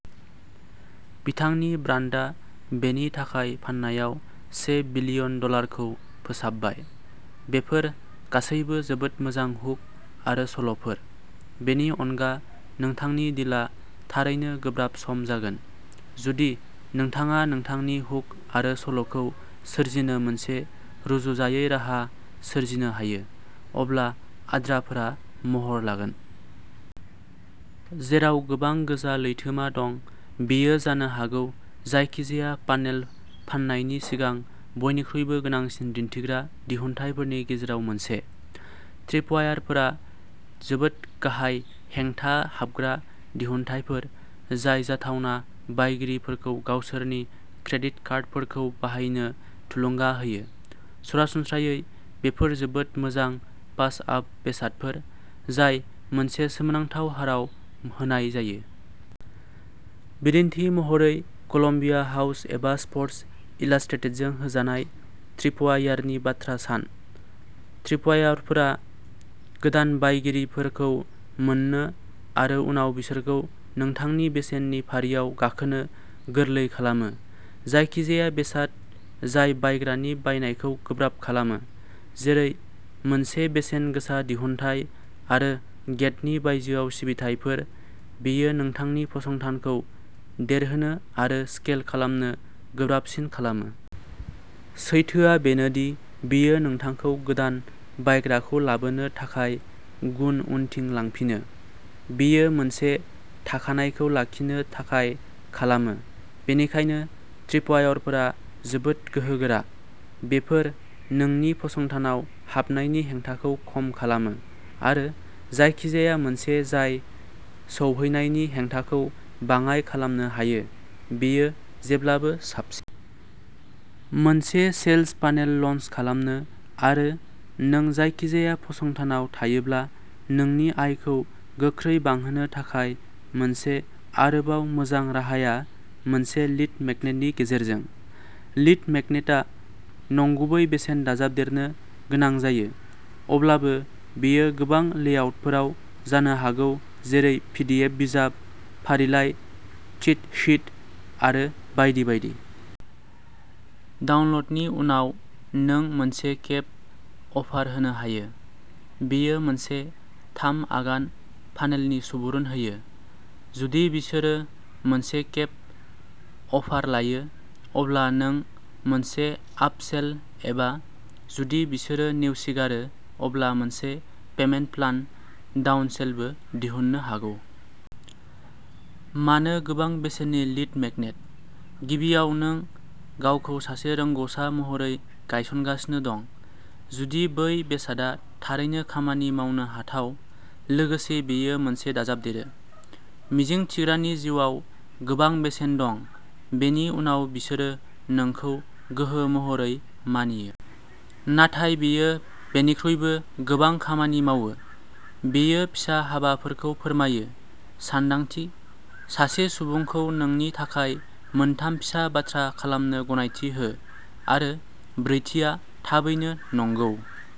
बिथांनि ब्रान्डआ बेनि थाखाय फाननायाव से बिलियन डलारखौ फोसाबबाय। बेफोर गासैबो जोबोद मोजां हुक आरो सल'फोर। बेनि अनगा, नोंथांनि डिलआ थारैनो गोब्राब सम जागोन। जुदि नोंथाङा नोंथांनि हुक आरो सल'खौ सोरजिनो मोनसे रुजुजायै राहा सोरजिनो हायो, अब्ला आद्राफोरा महर लागोन। जेराव गोबां गोजा लैथोमा दं, बेयो जानो हागौ जायखिजाया फान्नेल फान्नायनि सिगां बयनिख्रुइबो गोनांसिन दिन्थिग्रा दिहुनथायफोरनि गेजेराव मोनसे। ट्रिपवायरफोरा जोबोद गाहाय-हेंथा-हाबग्रा दिहुनथायफोर जाय जाथावना बायगिरिफोरखौ गावसोरनि क्रेडिट कार्डफोरखौ बाहायनो थुलुंगा होयो। सरासनस्रायै, बेफोर जोबोद मोजां-पास-आप बेसादफोर जाय मोनसे सोमोनांथाव हाराव होनाय जायो। बिदिन्थि महरै, कलम्बिया हाउस एबा स्पर्टस इलास्ट्रेटेडजों होजानाय ट्रिपवायारनि बाथ्रा सान। ट्रिपवायरफोरा गोदान बायगिरिफोरखौ मोन्नो आरो उनाव बिसोरखौ नोंथांनि बेसेननि फारिआव गाखोनो गोरलै खालामो। जायखिजाया बेसाद जाय बायग्रानि बायनायखौ गोब्राब खालामो, जेरै मोनसे बेसेन गोसा दिहुनथाय आरो गेटनि बायजोआव सिबिथाइफोर, बेयो नोंथांनि फसंथानखौ देरहोनो आरो स्केल खालामनो गोब्राबसिन खालामो। सैथोआ बेनो दि बेयो नोंथांखौ गोदान बायग्राखौ लाबोनो थाखाय गुन उनथिं लांफिनो। बेयो मोनसे थाखानायखौ लाखिनो थाखाय खालामो। बेनिखायनो ट्रिपवायरफोरा जोबोद गोहोगोरा। बेफोर नोंनि फसंथानाव हाबनायनि हेंथाखौ खम खालामो। आरो जायखिजाया मोनसे जाय सौहैनायनि हेंथाखौ बाङाइ खालामनो हायो, बेयो जेब्लाबो साबसिन। मोनसे सेल्स फानेल लन्च खालामनो आरो नों जायखिजाया फसंथानाव थायोब्ला नोंनि आयखौ गोख्रै बांहोनो थाखाय मोनसे आरोबाव मोजां राहाआ मोनसे लीड मेगनेटनि गेजेरजों। लीड मेगनेटआ नंगुबै बेसेन दाजाबदेरनो गोनां जायो। अब्लाबो बेयो गोबां लेआउटफोराव जानो हागौ जेरै पिडिएफ बिजाब, फारिलाइ, चिट शीट आरो बायदि बायदि। डाउनल'डनि उनाव, नों मोनसे खेब अफार होनो हायो। बेयो मोनसे थाम-आगान फानेलनि सुबुरुन होयो। जुदि बिसोरो मोनसे-खेब अफार लायो अब्ला नों मोनसे आप-सेल एबा जुदि बिसोरो नेवसिगारो अब्ला मोनसे पेमेन्ट-प्लान डाउन-सेलबो दिहुननो हागौ। मानो गोबां बेसेननि लीड मेगनेट? गिबियाव, नों गावखौ सासे रोंग'सा महरै गायसनगासिनो दं। जुदि बै बेसादआ थारैनो खामानि मावनो हाथाव, लोगोसे बेयो मोनसे दाजाबदेरो। मिजिंथिग्रानि जिउआव गोबां बेसेन दं, बेनि उनाव बिसोरो नोंखौ गोहो महरै मानियो। नाथाय बेयो बेनिख्रुइबो गोबां खामानि मावो। बेयो फिसा-हाबाफोरखौ फोरमायो। सानदांथि? सासे सुबुंखौ नोंनि थाखाय मोनथाम फिसा बाथ्रा खालामनो गनायथि हो आरो ब्रैथिआ थाबैनो नंगौ।